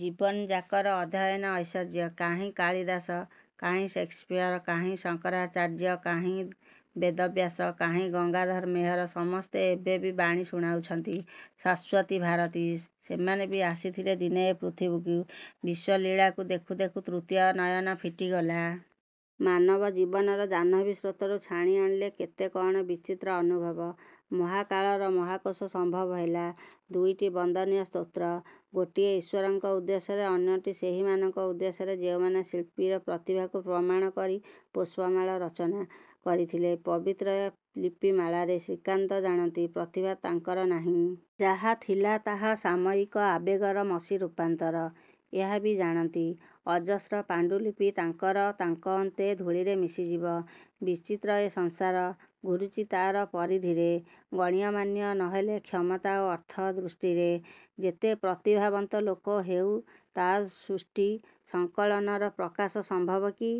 ଜୀବନଯାକର ଅଧ୍ୟୟନ ଐଶ୍ୱର୍ଯ୍ୟ। କାହିଁ କାଳିଦାସ, କାହିଁ ଶେକ୍ସପିୟର, କାହିଁ ଶଙ୍କରାଚାର୍ଯ୍ୟ, କାହିଁ ବେଦବ୍ୟାସ, କାହିଁ ଗଙ୍ଗାଧର ମେହେର… ସମସ୍ତେ ଏବେ ବି ବାଣୀ ଶୁଣାଉଛନ୍ତି। ଶାଶ୍ଵତୀ ଭାରତୀ। ସେମାନେ ବି ଆସିଥିଲେ ଦିନେ ଏ ପୃଥିବୀକୁ… ବିଶ୍ଵଲୀଳାକୁ ଦେଖୁ ଦେଖୁ ତୃତୀୟ ନୟନ ଫିଟିଗଲା। ମାନବ ଜୀବନର ଜାହ୍ନବୀ ସ୍ରୋତରୁ ଛାଣିଆଣିଲେ କେତେ କଅଣ ବିଚିତ୍ର ଅନୁଭବ। ମହାକାଳର ମହାକୋଷ ସମ୍ଭବ ହେଲା। ଦୁଇଟି ବନ୍ଦନୀୟ ସ୍ତୋତ୍ର… ଗୋଟିଏ ଈଶ୍ୱରଙ୍କ ଉଦ୍ଦେଶ୍ୟରେ ଅନ୍ୟଟି ସେହିମାନଙ୍କ ଉଦ୍ଦେଶ୍ୟରେ ଯେଉଁମାନେ ଶିଳ୍ପୀର ପ୍ରତିଭାକୁ ପ୍ରଣାମ କରି ପୁଷ୍ପମାଳା ରଚନା। କରିଥିଲେ, ପବିତ୍ର ଲିପିମାଳାରେ। ଶ୍ରୀକାନ୍ତ ଜାଣନ୍ତି, ପ୍ରତିଭା ତାଙ୍କର ନାହିଁ। ଯାହା ଥିଲା ତାହା ସାମୟିକ ଆବେଗର ମସୀ ରୂପାନ୍ତର। ଏହା ବି ଜାଣନ୍ତି, ଅଜସ୍ର ପାଣ୍ଡୁଲିପି ତାଙ୍କର ତାଙ୍କ ଅନ୍ତେ ଧୂଳିରେ ମିଶିଯିବ। ବିଚିତ୍ର ଏ ସଂସାର ଘୂରୁଛି ତାର ପରିଧିରେ। ଗଣ୍ୟମାନ୍ୟ ନହେଲେ କ୍ଷମତା ଓ ଅର୍ଥ ଦୃଷ୍ଟିରେ, ଯେତେ ପ୍ରତିଭାବନ୍ତ ଲୋକ ହେଉ, ତାର ସୃଷ୍ଟି ସଂକଳନର ପ୍ରକାଶ ସମ୍ଭବ କି?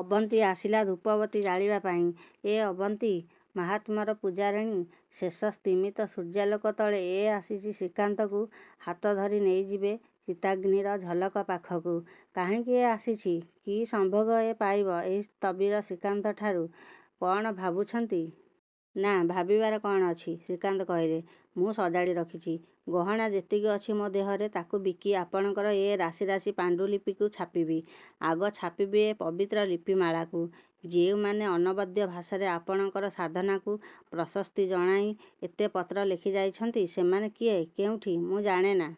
ଅବନ୍ତୀ ଆସିଲା ଧୂପବତୀ ଜାଳିବା ପାଇଁ… ଏ ଅବନ୍ତୀ ମାହାତ୍ମ୍ୟର ପୂଜାରିଣୀ। ଶେଷ ସ୍ତିମିତ ସୂର୍ଯ୍ୟାଲୋକ ତଳେ ଏ ଆସିଛି ଶ୍ରୀକାନ୍ତକୁ ହାତଧରି ନେଇଯିବେ ଚିତାଗ୍ନିର ଝଲକ ପାଖକୁ-। କାହିଁକି ଏ ଆସିଛି? କି ସମ୍ଭୋଗ ଏ ପାଇବ ଏହି ସ୍ଥବିର ଶ୍ରୀକାନ୍ତଠାରୁ? -କଅଣ ଭାବୁଛନ୍ତି? -ନା, ଭାବିବାର କଅଣ ଅଛି? ଶ୍ରୀକାନ୍ତ କହିଲେ। -ମୁଁ ସଜାଡ଼ି ରଖିଛି। ଗହଣା ଯେତିକି ଅଛି ମୋ ଦେହରେ ତାକୁ ବିକି ଆପଣଙ୍କର ଏ ରାଶି ରାଶି ପାଣ୍ଡୁଲିପିକୁ ଛାପିବି। ଆଗ ଛାପିବି ଏ ପବିତ୍ର ଲିପିମାଳାକୁ। ଯେଉଁମାନେ ଅନବଦ୍ୟ ଭାଷାରେ ଆପଣଙ୍କର ସାଧନାକୁ ପ୍ରଶସ୍ତି ଜଣାଇ ଏତେ ପତ୍ର ଲେଖିଯାଇଛନ୍ତି ସେମାନେ କିଏ, କେଉଁଠି, ମୁଁ ଜାଣେନା।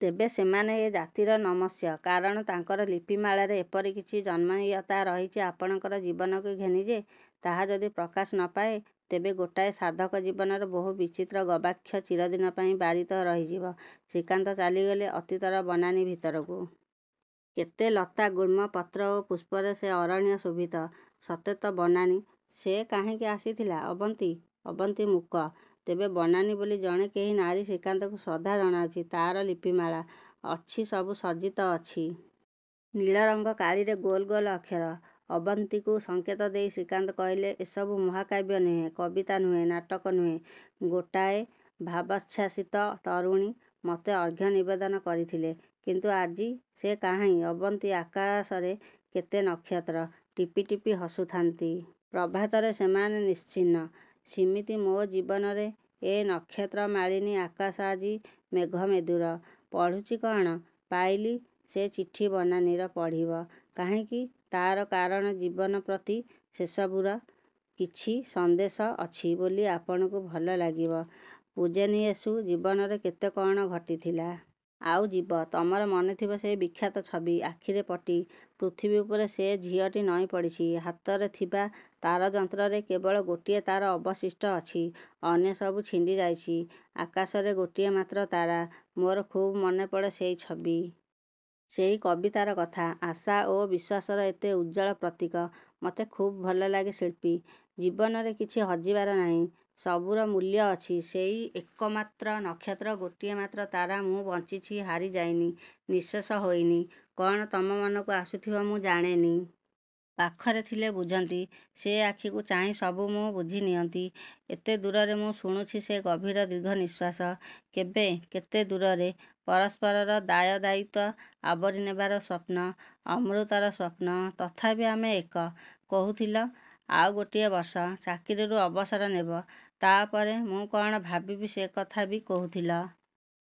ତେବେ ସେମାନେ ଏ ଜାତିର ନମସ୍ୟ। କାରଣ ତାଙ୍କର ଲିପିମାଳାରେ ଏପରି କିଛି ଜନ୍ମୟତା ରହିଛି ଆପଣଙ୍କର ଜୀବନକୁ ଘେନି ଯେ, ତାହା ଯଦି ପ୍ରକାଶ ନପାଏ, ତେବେ ଗୋଟାଏ ସାଧକ ଜୀବନର ବହୁ ବିଚିତ୍ର ଗବାକ୍ଷ ଚିରଦିନ ପାଇଁ ବାରିତ ରହିଯିବ। ଶ୍ରୀକାନ୍ତ ଚାଲିଗଲେ ଅତୀତର ବନାନୀ ଭିତରକୁ। କେତେ ଲତା, ଗୁଳ୍ମ, ପତ୍ର ଓ ପୁଷ୍ପରେ ସେ ଅରଣ୍ୟ ଶୋଭିତ। ସତେ ତ, ବନାନୀ!! ସେ କାହିଁକି ଆସିଥିଲା। ଅବନ୍ତୀ? ଅବନ୍ତୀ ମୂକ। ତେବେ ବନାନୀ ବୋଲି ଜଣେ କେହି ନାରୀ ଶ୍ରୀକାନ୍ତଙ୍କୁ ଶ୍ରଦ୍ଧା ଜଣାଇଛି। ତାର ଲିପିମାଳା? ଅଛି, ସବୁ ସଜ୍ଜିତ ଅଛି। ନୀଳରଙ୍ଗ କାଳିରେ ଗୋଲ ଗୋଲ ଅକ୍ଷର। ଅବନ୍ତୀକୁ ସଙ୍କେତ ଦେଇ ଶ୍ରୀକାନ୍ତ କହିଲେ–ଏସବୁ ମହାକାବ୍ୟ ନୁହେଁ, କବିତା ନୁହେଁ, ନାଟକ ନୁହେଁ, ଗୋଟାଏ ଭାବୋଚ୍ଛ୍ଵାସିତ ତରୁଣୀ ମତେ ଅର୍ଘ୍ୟ ନିବେଦନ କରିଥିଲା। କିନ୍ତୁ ଆଜି ସେ କାହିଁ? ଅବନ୍ତୀ, ଆକାଶରେ କେତେ ନକ୍ଷତ୍ର। ଟିପି ଟିପି ହସୁଥାନ୍ତି। ପ୍ରଭାତରେ ସେମାନେ ନିଶ୍ଚିହ୍ନ। ସିମିତି ମୋ ଜୀବନରେ ଏ ନକ୍ଷତ୍ରମାଳିନୀ ଆକାଶ ଆଜି ମେଘମେଦୁର। -ପଢ଼ୁଛି… -କଅଣ? -ପାଇଲି, ସେ ଚିଠି-ବନାନୀର… -ପଢ଼ିବ? କାହିଁକି? ତାର କାରଣ ଜୀବନ ପ୍ରତି ସେସବୁର କିଛି ସନ୍ଦେଶ ଅଛି ବୋଲି ଆପଣଙ୍କୁ ଭଲଲାଗିବ-। "ପୂଜନୀୟେଷୁ! ଜୀବନରେ କେତେ କଅଣ ଘଟିଗଲା। ଆଉ ଯିବ। ତମର ମନେଥିବ ସେହି ବିଖ୍ୟାତ ଛବି। ଆଖିରେ ପଟି। ପୃଥିବୀ ଉପରେ ସେ ଝିଅଟି ନଇଁପଡ଼ିଛି। ହାତରେ ଥିବା ତାରଯନ୍ତ୍ରରେ କେବଳ ଗୋଟିଏ ତାର ଅବଶିଷ୍ଟ ଅଛି; ଅନ୍ୟସବୁ ଛିଣ୍ଡିଯାଇଛି। ଆକାଶରେ ଗୋଟିଏ ମାତ୍ର ତାରା। ମୋର ଖୁବ୍ ମନେପଡ଼େ ସେଇ ଛବି। ସେଇ କବିତାର କଥା-। ଆଶା ଓ ବିଶ୍ଵାସର ଏତେ ଉଜ୍ଜ୍ୱଳ ପ୍ରତୀକ। ମତେ ଖୁବ୍ ଭଲଲାଗେ ଶିଳ୍ପୀ! ଜୀବନରେ କିଛି ହଜିବାର ନାହିଁ। 'ସବୁ'ର ମୂଲ୍ୟ ଅଛି। ସେଇ ଏକମାତ୍ର ନକ୍ଷତ୍ର, ଗୋଟିଏ ମାତ୍ର ତାରା। ମୁଁ ବଞ୍ଚିଛି, ହାରିଯାଇନି, ନିଃଶେଷ ହୋଇନି। କଅଣ ତମ ମନକୁ ଆସୁଥିବ ମୁଁ ଜାଣେନି। ପାଖରେ ଥିଲେ ବୁଝନ୍ତି। ସେ ଆଖିକୁ ଚାହିଁ ସବୁ ମୁଁ ବୁଝିନିଅନ୍ତି। ଏତେ ଦୂରରେ ମୁଁ ଶୁଣୁଛି ସେ ଗଭୀର ଦୀର୍ଘନିଶ୍ୱାସ। କେବେ? କେତେ ଦୂରରେ? ପରସ୍ପରର ଦାୟଦାୟିତ୍ଵ ଆବୋରିନେବାର ସ୍ୱପ୍ନ। ଅମୃତର ସ୍ୱପ୍ନ ତଥାପି ଆମେ ଏକ। କହୁଥିଲ, ଆଉ ଗୋଟିଏ ବର୍ଷ। ଚାକିରିରୁ ଅବସର ନେବ। ତା' ପରେ ମୁଁ କଅଣ ଭାବିବି ସେ କଥା ବି କହୁଥିଲ।